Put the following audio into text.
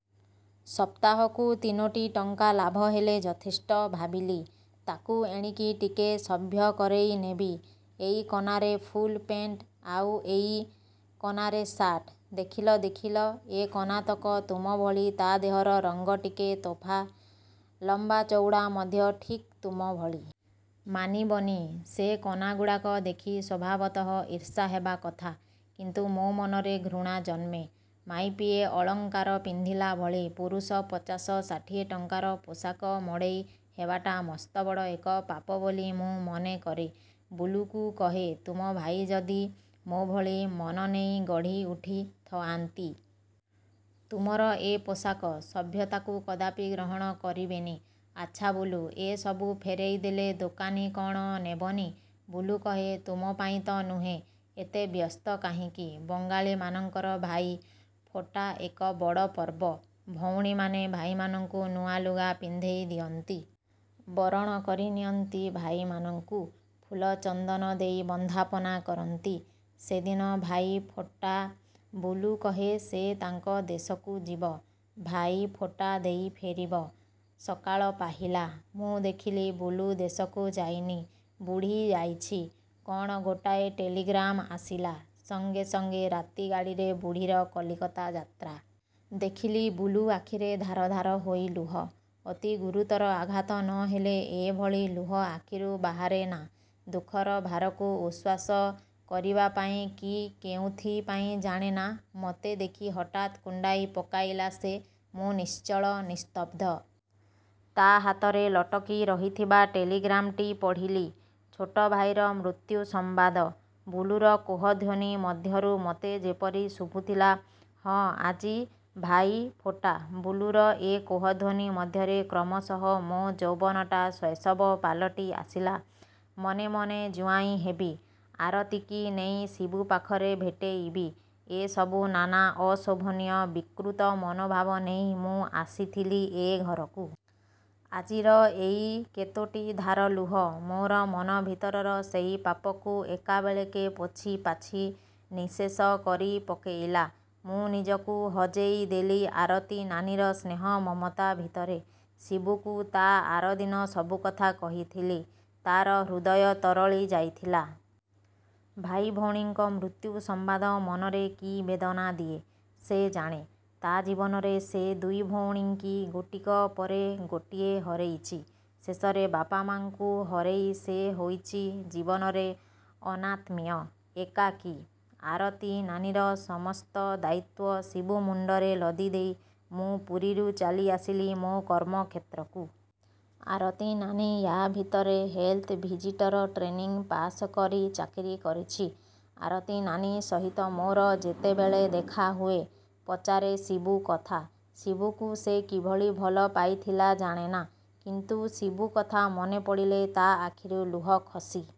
ସପ୍ତାହକୁ ତିନୋଟି ଟଙ୍କା ଲାଭ ହେଲେ ଯଥେଷ୍ଟ। ଭାବିଲି, ତାକୁ ଏଣିକି ଟିକେ ସଭ୍ୟ କରେଇ ନେବି। ଏଇ କନାରେ ଫୁଲ୍ ପେଣ୍ଟ, ଆଉ ଏଇ କନାରେ ସାର୍ଟ। ଦେଖିଲ ଦେଖିଲ ଏ କନାତକ। ତୁମ ଭଳି ତା ଦେହର ରଙ୍ଗ ଟିକେ ତୋଫା। ଲମ୍ବାଚଉଡ଼ା ମଧ୍ୟ ଠିକ୍ ତୁମଭଳି। ମାନିବନି? ସେ କନାଗୁଡ଼ାକ ଦେଖି ସ୍ୱଭାବତଃ ଈର୍ଷା ହେବା କଥା। କିନ୍ତୁ ମୋ ମନରେ ଘୃଣା ଜନ୍ମେ। ମାଇପିଏ ଅଳଙ୍କାର ପିନ୍ଧିଲା ଭଳି ପୁରୁଷ ପଚାଶ ଷାଠିଏ ଟଙ୍କାର ପୋଷାକ ମଡ଼େଇ ହେବାଟା ମସ୍ତବଡ଼ ଏକ ପାପ ବୋଲି ମୁଁ ମନେ କରେ। ବୁଲୁକୁ କହେ ତୁମ ଭାଇ ଯଦି ମୋଭଳି ମନନେଇ ଗଢ଼ି ଉଠି ଥଆନ୍ତି,। ତୁମର ଏ ପୋଷାକ। ସଭ୍ୟତାକୁ କଦାପି ଗ୍ରହଣ କରିବେନି। ଆଚ୍ଛା ବୁଲୁ, ଏ ସବୁ ଫେରେଇ ଦେଲେ ଦୋକାନୀ କ'ଣ ନେବନି? ବୁଲୁ କହେ, ତୁମ ପାଇଁ ତ ନୁହେଁ, ଏତେ ବ୍ୟସ୍ତ କାହିଁକି? ବଙ୍ଗାଳୀମାନଙ୍କର ଭାଇ ଫୋଟା ଏକ ବଡ଼ ପର୍ବ। ଭଉଣୀମାନେ ଭାଇମାନଙ୍କୁ ନୂଆଲୁଗା ପିନ୍ଧେଇ ଦିଅନ୍ତି। ବରଣ କରି ନିଅନ୍ତି ଭାଇମାନଙ୍କୁ। ଫୁଲ ଚନ୍ଦନ ଦେଇ ବନ୍ଦା ପନା କରନ୍ତି। ସେଦିନ ଭାଇ ଫୋଟା। ବୁଲୁ କହେ ସେ ତାଙ୍କ ଦେଶକୁ ଯିବ। ଭାଇ ଫୋଟା ଦେଇ ଫେରିବ। ସକାଳ ପାହିଲା। ମୁଁ ଦେଖିଲି, ବୁଲୁ ଦେଶକୁ ଯାଇନି। ବୁଢ଼ୀ ଯାଇଛି। କ'ଣ ଗୋଟାଏ ଟେଲିଗ୍ରାମ ଆସିଲା, ସଙ୍ଗେ ସଙ୍ଗେ ରାତି ଗାଡ଼ିରେ ବୁଢ଼ୀର କଲିକତା ଯାତ୍ରା। ଦେଖିଲି ବୁଲୁ ଆଖିରେ ଧାର ଧାର ହୋଇ ଲୁହ। ଅତି ଗୁରୁତର ଆଘାତ ନ ହେଲେ, ଏଭଳି ଲୁହ ଆଖିରୁ ବାହାରେ ନା। ଦୁଃଖର ଭାରକୁ ଉଶ୍ୱାସ କରିବା ପାଇଁ, କି କେଉିଥି ପାଇଁ ଜାଣେନା ମତେ ଦେଖି ହଠାତ୍ କୁଣ୍ଢାଇ ପକାଇଲା ସେ। ମୁଁ ନିଶ୍ଚଳ ନିସ୍ତବ୍ଧ। ତା ହାତରେ ଲଟକି ରହିଥିବା ଟେଲିଗ୍ରାମଟି ପଢ଼ିଲି। ଛୋଟ ଭାଇର ମୃତ୍ୟୁ ସମ୍ବାଦ। ବୁଲୁର କୋହ ଧ୍ୱନି ମଧ୍ୟରୁ ମତେ ଯେପରି ଶୁଭୁଥିଲା, ହଁ ଆଜି ଭାଇ ଫୋଟା! ବୁଲୁର ଏ କୋହଧ୍ୱନି ମଧ୍ୟରେ କ୍ରମଶଃ ମୋ ଯୌବନଟା ଶୈଶବ ପାଲଟି ଆସିଲା। ମନେ ମନେ ଜୁଆଇଁ ହେବି, ଆରତିକି ନେଇ ଶିବୁ ପାଖରେ ଭେଟେଇବି-ଏ ସବୁ ନାନା ଅଶୋଭନୀୟ ବିକୃତ ମନୋଭାବ ନେଇ ମୁଁ ଆସିଥିଲି ଏ ଘରକୁ। ଆଜିର ଏଇ କେତୋଟି ଧାର ଲୁହ, ମୋର ମନ ଭିତରର ସେଇ ପାପକୁ ଏକା ବେଳକେ ପୋଛି ପାଛି ନିଃଶେଷ କରି ପକେଇଲା। ମୁଁ ନିଜକୁ ହଜେଇ ଦେଲି ଆରତି ନାନୀର ସ୍ନେହ ମମତା ଭିତରେ। ଶିବୁକୁ ତା ଆର ଦିନ ସବୁକଥା କହିଥିଲି-ତାର ହୃଦୟ ତରଳି ଯାଇଥିଲା। ଭାଇ ଉଭଣୀଙ୍କ ମୃତ୍ୟୁ ସମ୍ବାଦ ମନରେ କି ବେଦନା ଦିଏ, ସେ ଜାଣେ। ତା ଜୀବନରେ ସେ ଦୁଇଭଉଣୀଙ୍କି ଗୋଟିକ ପରେ ଗୋଟିଏ ହରେଇଚି-ଶେଷରେ ବାପା ମାଙ୍କୁ ହରେଇ ସେ ହୋଇଚି ଜୀବନରେ ଅନାତ୍ମୀୟ, ଏକାକୀ। ଆରତୀ ନାନୀର ସମସ୍ତ ଦାୟୀତ୍ୱ ଶିବୁ ମୁଣ୍ଡରେ ଲଦି ଦେଇ ମୁଁ ପୁରୀରୁ ଚାଲି ଆସିଲି ମୋ କର୍ମ କ୍ଷେତ୍ରକୁ। ଆରତୀ ନାନୀ ୟା ଭିତରେ ହେଲ୍ଥ ଭିଜିଟର ଟ୍ରେନିଂ ପାସକରି ଚାକିରି କରିଛି। ଆରତୀ ନାନୀ ସହିତ ମୋର ଯେତେବେଳେ ଦେଖାହୁଏ, ପଚାରେ ଶିବୁ କଥା। ଶିବୁକୁ ସେ କିଭଳି ଭଲ ପାଇଥିଲା ଜାଣେନା, କିନ୍ତୁ ଶିବୁ କଥା ମନେପଡ଼ିଲେ ତା ଆଖିରୁ ଲୁହ ଖସି